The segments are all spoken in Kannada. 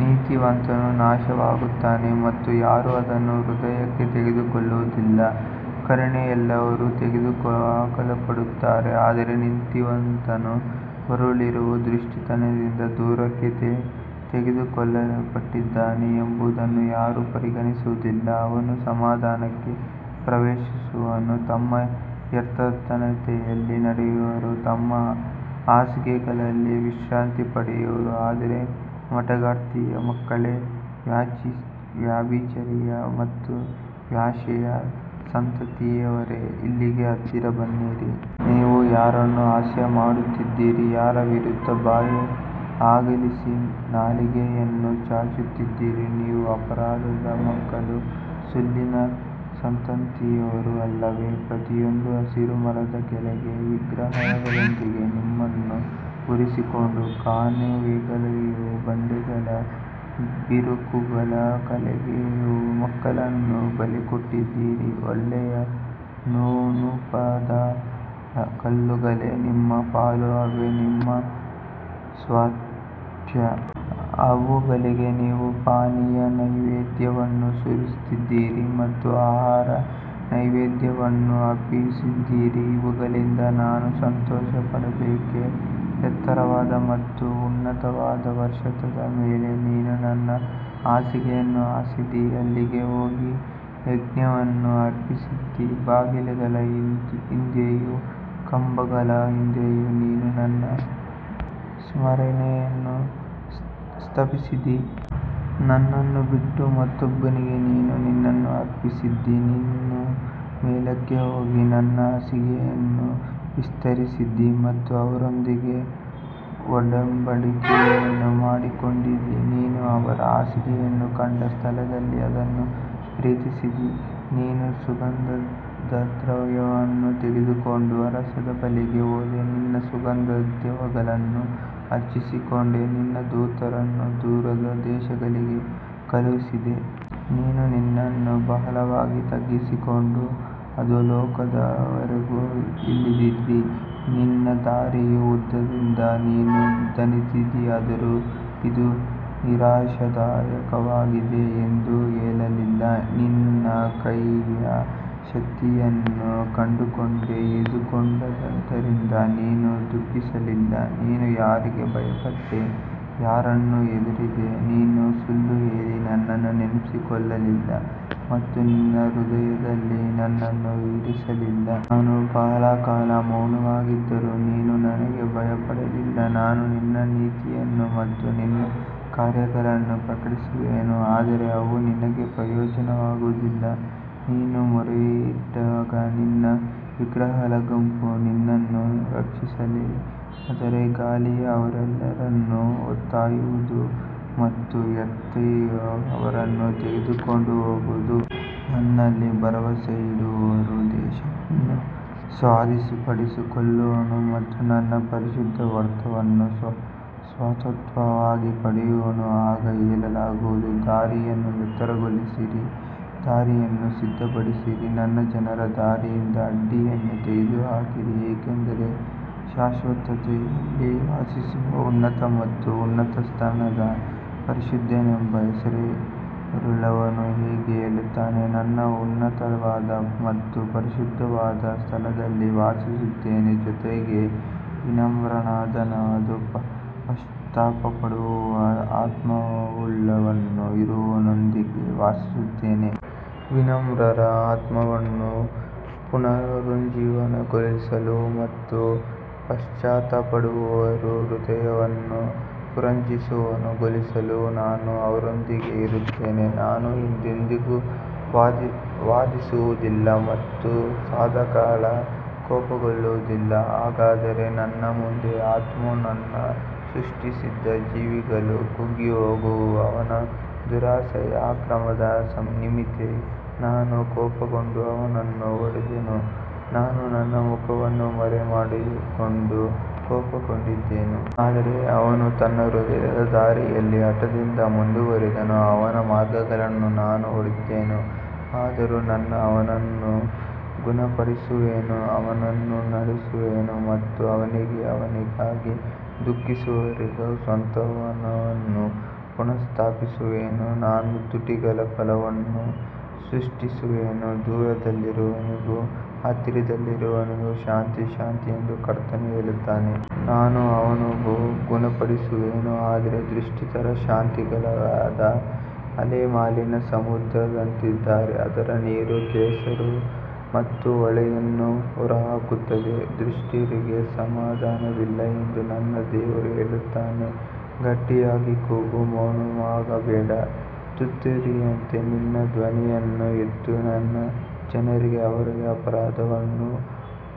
ನೀತಿವಂತನು ನಾಶವಾಗುತ್ತಾನೆ ಮತ್ತು ಯಾರೂ ಅದನ್ನು ಹೃದಯಕ್ಕೆ ತೆಗೆದುಕೊಳ್ಳುವುದಿಲ್ಲ. ಕರುಣೆಯುಳ್ಳವರು ತೆಗೆದುಹಾಕಲ್ಪಡುತ್ತಾರೆ, ಆದರೆ ನೀತಿವಂತನು ಬರಲಿರುವ ದುಷ್ಟತನದಿಂದ ದೂರಕ್ಕೆ ತೆಗೆದುಕೊಳ್ಳಲ್ಪಟ್ಟಿದ್ದಾನೆ ಎಂಬುದನ್ನು ಯಾರೂ ಪರಿಗಣಿಸುವುದಿಲ್ಲ. ಅವನು ಸಮಾಧಾನಕ್ಕೆ ಪ್ರವೇಶಿಸುವನು. ತಮ್ಮ ಯಥಾರ್ಥತೆಯಲ್ಲಿ ನಡೆಯುವವರು ತಮ್ಮ ಹಾಸಿಗೆಗಳಲ್ಲಿ ವಿಶ್ರಾಂತಿ ಪಡೆಯುವರು. ಆದರೆ ಮಾಟಗಾರ್ತಿಯ ಮಕ್ಕಳೇ, ವ್ಯಭಿಚಾರಿಯ ಮತ್ತು ವೇಶ್ಯೆಯ ಸಂತತಿಯವರೇ, ಇಲ್ಲಿಗೆ ಹತ್ತಿರ ಬನ್ನಿರಿ. ನೀವು ಯಾರನ್ನು ಹಾಸ್ಯಮಾಡುತ್ತಿದ್ದೀರಿ? ಯಾರ ವಿರುದ್ಧ ಬಾಯಿ ಅಗಲಿಸಿ ನಾಲಿಗೆಯನ್ನು ಚಾಚುತ್ತಿದ್ದೀರಿ? ನೀವು ಅಪರಾಧದ ಮಕ್ಕಳೂ ಸುಳ್ಳಿನ ಸಂತತಿಯವರೂ ಅಲ್ಲವೇ? ಪ್ರತಿಯೊಂದು ಹಸಿರು ಮರದ ಕೆಳಗೆ ವಿಗ್ರಹಗಳೊಂದಿಗೆ ನಿಮ್ಮನ್ನು ಉರಿಸಿಕೊಂಡು, ಕಣಿವೆಗಳಲ್ಲಿಯೂ ಬಂಡೆಗಳ ಬಿರುಕುಗಳ ಕೆಳಗೆಯೂ ಮಕ್ಕಳನ್ನು ಬಲಿಕೊಟ್ಟಿದ್ದೀರಿ. ಹೊಳೆಯ ನುಣುಪಾದ ಕಲ್ಲುಗಳೇ ನಿಮ್ಮ ಪಾಲು; ಅವೇ ನಿಮ್ಮ ಸ್ವಾಸ್ತ್ಯ. ಅವುಗಳಿಗೆ ನೀವು ಪಾನೀಯ ನೈವೇದ್ಯವನ್ನು ಸುರಿಸಿದ್ದೀರಿ ಮತ್ತು ಆಹಾರ ನೈವೇದ್ಯವನ್ನು ಅರ್ಪಿಸಿದ್ದೀರಿ. ಇವುಗಳಿಂದ ನಾನು ಸಂತೋಷಪಡಬೇಕೇ? ಎತ್ತರವಾದ ಮತ್ತು ಉನ್ನತವಾದ ಪರ್ವತದ ಮೇಲೆ ನೀನು ನಿನ್ನ ಹಾಸಿಗೆಯನ್ನು ಹಾಸಿದ್ದೀ. ಅಲ್ಲಿಗೆ ಹೋಗಿ ಯಜ್ಞವನ್ನು ಅರ್ಪಿಸಿದ್ದೀ. ಬಾಗಿಲುಗಳ ಹಿಂದೆಯೂ ಕಂಬಗಳ ಹಿಂದೆಯೂ ನೀನು ನಿನ್ನ ಸ್ಮರಣೆಯನ್ನು ಸ್ಥಾಪಿಸಿದ್ದೀ. ನನ್ನನ್ನು ಬಿಟ್ಟು ಮತ್ತೊಬ್ಬನಿಗೆ ನೀನು ನಿನ್ನನ್ನು ಅರ್ಪಿಸಿದ್ದೀ. ನೀನು ಮೇಲಕ್ಕೆ ಹೋಗಿ ನಿನ್ನ ಹಾಸಿಗೆಯನ್ನು ವಿಸ್ತರಿಸಿದ್ದೀ ಮತ್ತು ಅವರೊಂದಿಗೆ ಒಡಂಬಡಿಕೆಯನ್ನು ಮಾಡಿಕೊಂಡಿದ್ದೀ. ನೀನು ಅವರ ಹಾಸಿಗೆಯನ್ನು ಕಂಡ ಸ್ಥಳದಲ್ಲಿ ಅದನ್ನು ಪ್ರೀತಿಸಿದ್ದೀ. ನೀನು ಸುಗಂಧದ್ರವ್ಯವನ್ನು ತೆಗೆದುಕೊಂಡು ಅರಸನ ಬಳಿಗೆ ಹೋದೆ. ನಿನ್ನ ಸುಗಂಧದ್ರವ್ಯಗಳನ್ನು ಹೆಚ್ಚಿಸಿಕೊಂಡೆ. ನಿನ್ನ ದೂತರನ್ನು ದೂರದ ದೇಶಗಳಿಗೆ ಕಳುಹಿಸಿದೆ. ನೀನು ನಿನ್ನನ್ನು ಬಹಳವಾಗಿ ತಗ್ಗಿಸಿಕೊಂಡು ಅಧೋಲೋಕದವರೆಗೂ ಇಳಿದಿದ್ದೀ. ನಿನ್ನ ದಾರಿಯ ಉದ್ದದಿಂದ ನೀನು ದಣಿದಿದ್ದೀ, ಆದರೂ ಇದು ನಿರಾಶಾದಾಯಕವಾಗಿದೆ ಎಂದು ಹೇಳಲಿಲ್ಲ. ನಿನ್ನ ಕೈಯ ಶಕ್ತಿಯನ್ನು ಕಂಡುಕೊಂಡೆ ಎಂದುಕೊಂಡದ್ದರಿಂದ ನೀನು ದುಃಖಿಸಲಿಲ್ಲ. ನೀನು ಯಾರಿಗೆ ಭಯಪಟ್ಟೆ? ಯಾರನ್ನು ಹೆದರಿದೆ? ನೀನು ಸುಳ್ಳು ಹೇಳಿ ನನ್ನನ್ನು ನೆನಪಿಸಿಕೊಳ್ಳಲಿಲ್ಲ ಮತ್ತು ನಿನ್ನ ಹೃದಯದಲ್ಲಿ ನನ್ನನ್ನು ಇರಿಸಲಿಲ್ಲ. ನಾನು ಬಹಳ ಕಾಲ ಮೌನವಾಗಿದ್ದರೂ ನೀನು ನನಗೆ ಭಯಪಡಲಿಲ್ಲ. ನಾನು ನಿನ್ನ ನೀತಿಯನ್ನು ಮತ್ತು ನಿನ್ನ ಕಾರ್ಯಗಳನ್ನು ಪ್ರಕಟಿಸುವೆನು, ಆದರೆ ಅವು ನಿನಗೆ ಪ್ರಯೋಜನವಾಗುವುದಿಲ್ಲ. ನೀನು ಮೊರೆಯಿಟ್ಟಾಗ ನಿನ್ನ ವಿಗ್ರಹಗಳ ಗುಂಪು ನಿನ್ನನ್ನು ರಕ್ಷಿಸಲಿ. ಆದರೆ ಗಾಳಿಯು ಅವರೆಲ್ಲರನ್ನು ಹೊತ್ತೊಯ್ಯುವುದು ಮತ್ತು ವ್ಯರ್ಥತೆಯು ಅವರನ್ನು ತೆಗೆದುಕೊಂಡು ಹೋಗುವುದು. ನನ್ನಲ್ಲಿ ಭರವಸೆಯಿಡುವವನು ದೇಶವನ್ನು ಸ್ವಾಧೀನಪಡಿಸಿಕೊಳ್ಳುವನು ಮತ್ತು ನನ್ನ ಪರಿಶುದ್ಧ ಪರ್ವತವನ್ನು ಸ್ವಾಸ್ತ್ಯವಾಗಿ ಪಡೆಯುವನು. ಆಗ ಹೇಳಲಾಗುವುದು: ದಾರಿಯನ್ನು ಎತ್ತರಗೊಳಿಸಿರಿ, ದಾರಿಯನ್ನು ಸಿದ್ಧಪಡಿಸಿರಿ, ನನ್ನ ಜನರ ದಾರಿಯಿಂದ ಅಡ್ಡಿಯನ್ನು ತೆಗೆದುಹಾಕಿರಿ. ಏಕೆಂದರೆ ಶಾಶ್ವತತೆಯಲ್ಲಿ ವಾಸಿಸುವ ಉನ್ನತ ಮತ್ತು ಉನ್ನತಸ್ಥನಾದ, ಪರಿಶುದ್ಧನೆಂಬ ಹೆಸರುಳ್ಳವನು ಹೀಗೆ ಹೇಳುತ್ತಾನೆ: ನಾನು ಉನ್ನತವಾದ ಮತ್ತು ಪರಿಶುದ್ಧವಾದ ಸ್ಥಳದಲ್ಲಿ ವಾಸಿಸುತ್ತೇನೆ; ಜೊತೆಗೆ ವಿನಮ್ರನಾದವನೂ ಪಶ್ಚಾತ್ತಾಪಪಡುವ ಆತ್ಮವುಳ್ಳವನೂ ಇರುವವನೊಂದಿಗೆ ವಾಸಿಸುತ್ತೇನೆ. ವಿನಮ್ರರ ಆತ್ಮವನ್ನು ಪುನರುಜ್ಜೀವನಗೊಳಿಸಲು ಮತ್ತು ಪಶ್ಚಾತ್ತಾಪಪಡುವವರ ಹೃದಯವನ್ನು ಪುನರುಜ್ಜೀವನಗೊಳಿಸಲು ನಾನು ಅವರೊಂದಿಗೆ ಇರುತ್ತೇನೆ. ನಾನು ಎಂದೆಂದಿಗೂ ವಾದಿಸುವುದಿಲ್ಲ ಮತ್ತು ಸದಾಕಾಲ ಕೋಪಗೊಳ್ಳುವುದಿಲ್ಲ. ಹಾಗಾದರೆ ನನ್ನ ಮುಂದೆ ಆತ್ಮವೂ ನಾನು ಸೃಷ್ಟಿಸಿದ ಜೀವಿಗಳೂ ಕುಗ್ಗಿಹೋಗುವವು. ಅವನ ದುರಾಸೆಯ ಅಕ್ರಮದ ನಿಮಿತ್ತ ನಾನು ಕೋಪಗೊಂಡು ಅವನನ್ನು ಹೊಡೆದೆನು. ನಾನು ನನ್ನ ಮುಖವನ್ನು ಮರೆಮಾಡಿಕೊಂಡು ಕೋಪಗೊಂಡಿದ್ದೆನು. ಆದರೆ ಅವನು ತನ್ನ ಹೃದಯದ ದಾರಿಯಲ್ಲಿ ಹಠದಿಂದ ಮುಂದುವರಿದನು. ಅವನ ಮಾರ್ಗಗಳನ್ನು ನಾನು ನೋಡಿದ್ದೇನೆ. ಆದರೂ ನಾನು ಅವನನ್ನು ಗುಣಪಡಿಸುವೆನು. ಅವನನ್ನು ನಡೆಸುವೆನು ಮತ್ತು ಅವನಿಗೂ ಅವನಿಗಾಗಿ ದುಃಖಿಸುವವರಿಗೂ ಸಾಂತ್ವನವನ್ನು ಪುನಃಸ್ಥಾಪಿಸುವೆನು. ನಾನು ತುಟಿಗಳ ಫಲವನ್ನು ಸೃಷ್ಟಿಸುವೆನು. ದೂರದಲ್ಲಿರುವವನಿಗೂ ಹತ್ತಿರದಲ್ಲಿರುವವನಿಗೂ ಶಾಂತಿ, ಶಾಂತಿ ಎಂದು ಕರ್ತನು ಹೇಳುತ್ತಾನೆ. ನಾನು ಅವನನ್ನು ಗುಣಪಡಿಸುವೆನು. ಆದರೆ ದುಷ್ಟರು ಶಾಂತಿಯಾಗಲಾರದ ಅಲೆಮಾಲಿನ ಸಮುದ್ರದಂತಿದ್ದಾರೆ. ಅದರ ನೀರು ಕೆಸರು ಮತ್ತು ಕೊಳೆಯನ್ನು ಹೊರಹಾಕುತ್ತದೆ. ದುಷ್ಟರಿಗೆ ಸಮಾಧಾನವಿಲ್ಲ ಎಂದು ನನ್ನ ದೇವರು ಹೇಳುತ್ತಾನೆ. ಗಟ್ಟಿಯಾಗಿ ಕೂಗು, ಮೌನವಾಗಬೇಡ. ತುತ್ತೂರಿಯಂತೆ ನಿನ್ನ ಧ್ವನಿಯನ್ನು ಎತ್ತು. ನನ್ನ ಜನರಿಗೆ ಅವರ ಅಪರಾಧವನ್ನೂ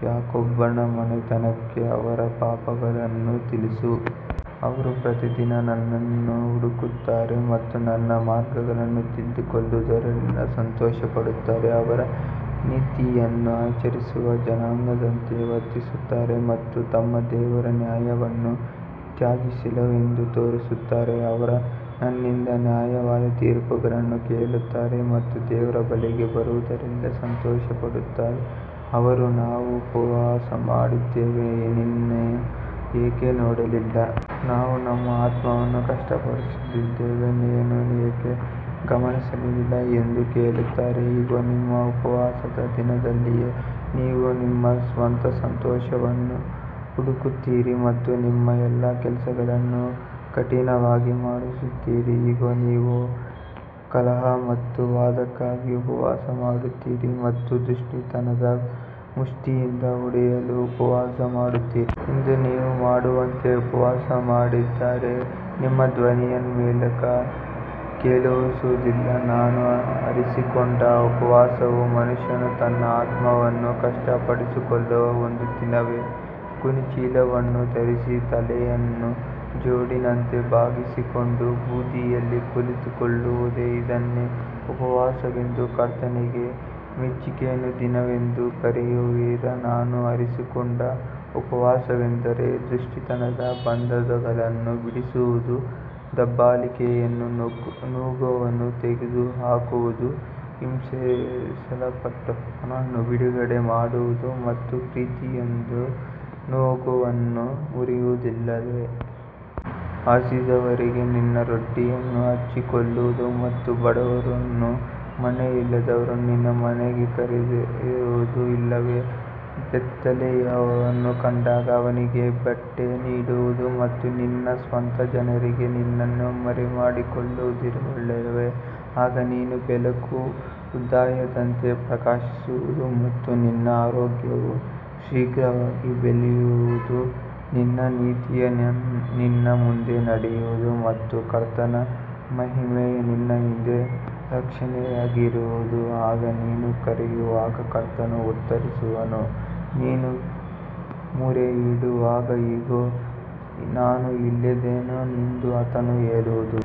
ಯಾಕೋಬನ ಮನೆತನಕ್ಕೆ ಅವರ ಪಾಪಗಳನ್ನೂ ತಿಳಿಸು. ಅವರು ಪ್ರತಿದಿನ ನನ್ನನ್ನು ಹುಡುಕುತ್ತಾರೆ ಮತ್ತು ನನ್ನ ಮಾರ್ಗಗಳನ್ನು ತಿಳಿದುಕೊಳ್ಳುವುದರಲ್ಲಿ ಸಂತೋಷಪಡುತ್ತಾರೆ. ಅವರು ನೀತಿಯನ್ನು ಆಚರಿಸುವ ಜನಾಂಗದಂತೆ ವರ್ತಿಸುತ್ತಾರೆ ಮತ್ತು ತಮ್ಮ ದೇವರ ನ್ಯಾಯವನ್ನು ತ್ಯಜಿಸಿಲ್ಲವೆಂದು ತೋರಿಸುತ್ತಾರೆ. ಅವರು ನನ್ನಿಂದ ನ್ಯಾಯವಾದ ತೀರ್ಪುಗಳನ್ನು ಕೇಳುತ್ತಾರೆ ಮತ್ತು ದೇವರ ಬಳಿಗೆ ಬರುವುದರಲ್ಲಿ ಸಂತೋಷಪಡುತ್ತಾರೆ. ಅವರು, ನಾವು ಉಪವಾಸ ಮಾಡಿದ್ದೇವೆ, ನೀನು ಏಕೆ ನೋಡಲಿಲ್ಲ? ನಾವು ನಮ್ಮ ಆತ್ಮವನ್ನು ಕಷ್ಟಪಡಿಸಿದ್ದೇವೆ, ನೀನು ಏಕೆ ಗಮನಿಸಲಿಲ್ಲ? ಎಂದು ಕೇಳುತ್ತಾರೆ. ಇಗೋ, ನಿಮ್ಮ ಉಪವಾಸದ ದಿನದಲ್ಲಿಯೇ ನೀವು ನಿಮ್ಮ ಸ್ವಂತ ಸಂತೋಷವನ್ನು ಹುಡುಕುತ್ತೀರಿ ಮತ್ತು ನಿಮ್ಮ ಎಲ್ಲಾ ಕೆಲಸಗಳನ್ನು ಕಠಿಣವಾಗಿ ಮಾಡಿಸುತ್ತೀರಿ. ಇಗೋ, ನೀವು ಕಲಹ ಮತ್ತು ವಾದಕ್ಕಾಗಿ ಉಪವಾಸ ಮಾಡುತ್ತೀರಿ ಮತ್ತು ದುಷ್ಟತನದ ಮುಷ್ಟಿಯಿಂದ ಹೊಡೆಯಲು ಉಪವಾಸ ಮಾಡುತ್ತೀರಿ. ಇಂದು ನೀವು ಮಾಡುವಂತೆ ಉಪವಾಸ ಮಾಡಿದರೆ ನಿಮ್ಮ ಧ್ವನಿಯು ಮೇಲಕ್ಕೆ ಕೇಳಿಸುವುದಿಲ್ಲ. ನಾನು ಆರಿಸಿಕೊಂಡ ಉಪವಾಸವು ಮನುಷ್ಯನು ತನ್ನ ಆತ್ಮವನ್ನು ಕಷ್ಟಪಡಿಸಿಕೊಳ್ಳುವ ಒಂದು ದಿನವೇ? ಗೋಣಿಚೀಲವನ್ನು ಧರಿಸಿ ತಲೆಯನ್ನು ಜೊಂಡಿನಂತೆ ಬಾಗಿಸಿಕೊಂಡು ಬೂದಿಯಲ್ಲಿ ಕುಳಿತುಕೊಳ್ಳುವುದೇ? ಇದನ್ನೇ ಉಪವಾಸವೆಂದೂ ಕರ್ತನಿಗೆ ಮೆಚ್ಚಿಕೆಯ ದಿನವೆಂದೂ ಕರೆಯುವಿರಾ? ನಾನು ಆರಿಸಿಕೊಂಡ ಉಪವಾಸವೆಂದರೆ ದುಷ್ಟತನದ ಬಂಧನಗಳನ್ನು ಬಿಡಿಸುವುದು, ದಬ್ಬಾಳಿಕೆಯ ನೊಗವನ್ನು ತೆಗೆದುಹಾಕುವುದು, ಹಿಂಸಿಸಲ್ಪಟ್ಟವರನ್ನು ಬಿಡುಗಡೆ ಮಾಡುವುದು ಮತ್ತು ಪ್ರತಿಯೊಂದು ನೊಗವನ್ನು ಮುರಿಯುವುದಲ್ಲವೇ? ಹಸಿದವರಿಗೆ ನಿನ್ನ ರೊಟ್ಟಿಯನ್ನು ಹಂಚಿಕೊಳ್ಳುವುದು ಮತ್ತು ಬಡವರನ್ನೂ ಮನೆ ಇಲ್ಲದವರನ್ನೂ ನಿನ್ನ ಮನೆಗೆ ಕರೆತರುವುದು ಅಲ್ಲವೇ? ಬೆತ್ತಲೆಯವನನ್ನು ಕಂಡಾಗ ಅವನಿಗೆ ಬಟ್ಟೆ ನೀಡುವುದು ಮತ್ತು ನಿನ್ನ ಸ್ವಂತ ಜನರಿಂದ ನಿನ್ನನ್ನು ಮರೆಮಾಡಿಕೊಳ್ಳದಿರುವುದಲ್ಲವೇ? ಆಗ ನಿನ್ನ ಬೆಳಕು ಉದಯದಂತೆ ಪ್ರಕಾಶಿಸುವುದು ಮತ್ತು ನಿನ್ನ ಆರೋಗ್ಯವು ಶೀಘ್ರವಾಗಿ ಬೆಳೆಯುವುದು. ನಿನ್ನ ನೀತಿಯು ನಿನ್ನ ಮುಂದೆ ನಡೆಯುವುದು ಮತ್ತು ಕರ್ತನ ಮಹಿಮೆಯು ನಿನ್ನ ಹಿಂದೆ ರಕ್ಷಣೆಯಾಗಿ ಇರುವದು. ಆಗ ನೀನು ಕರೆಯುವಾಗ ಕರ್ತನು ಉತ್ತರಿಸುವನು. ನೀನು ಮೊರೆಯಿಡುವಾಗ, ಇಗೋ, ನಾನು ಇಲ್ಲಿದ್ದೇನೆ ಎಂದು ಆತನು ಹೇಳುವನು.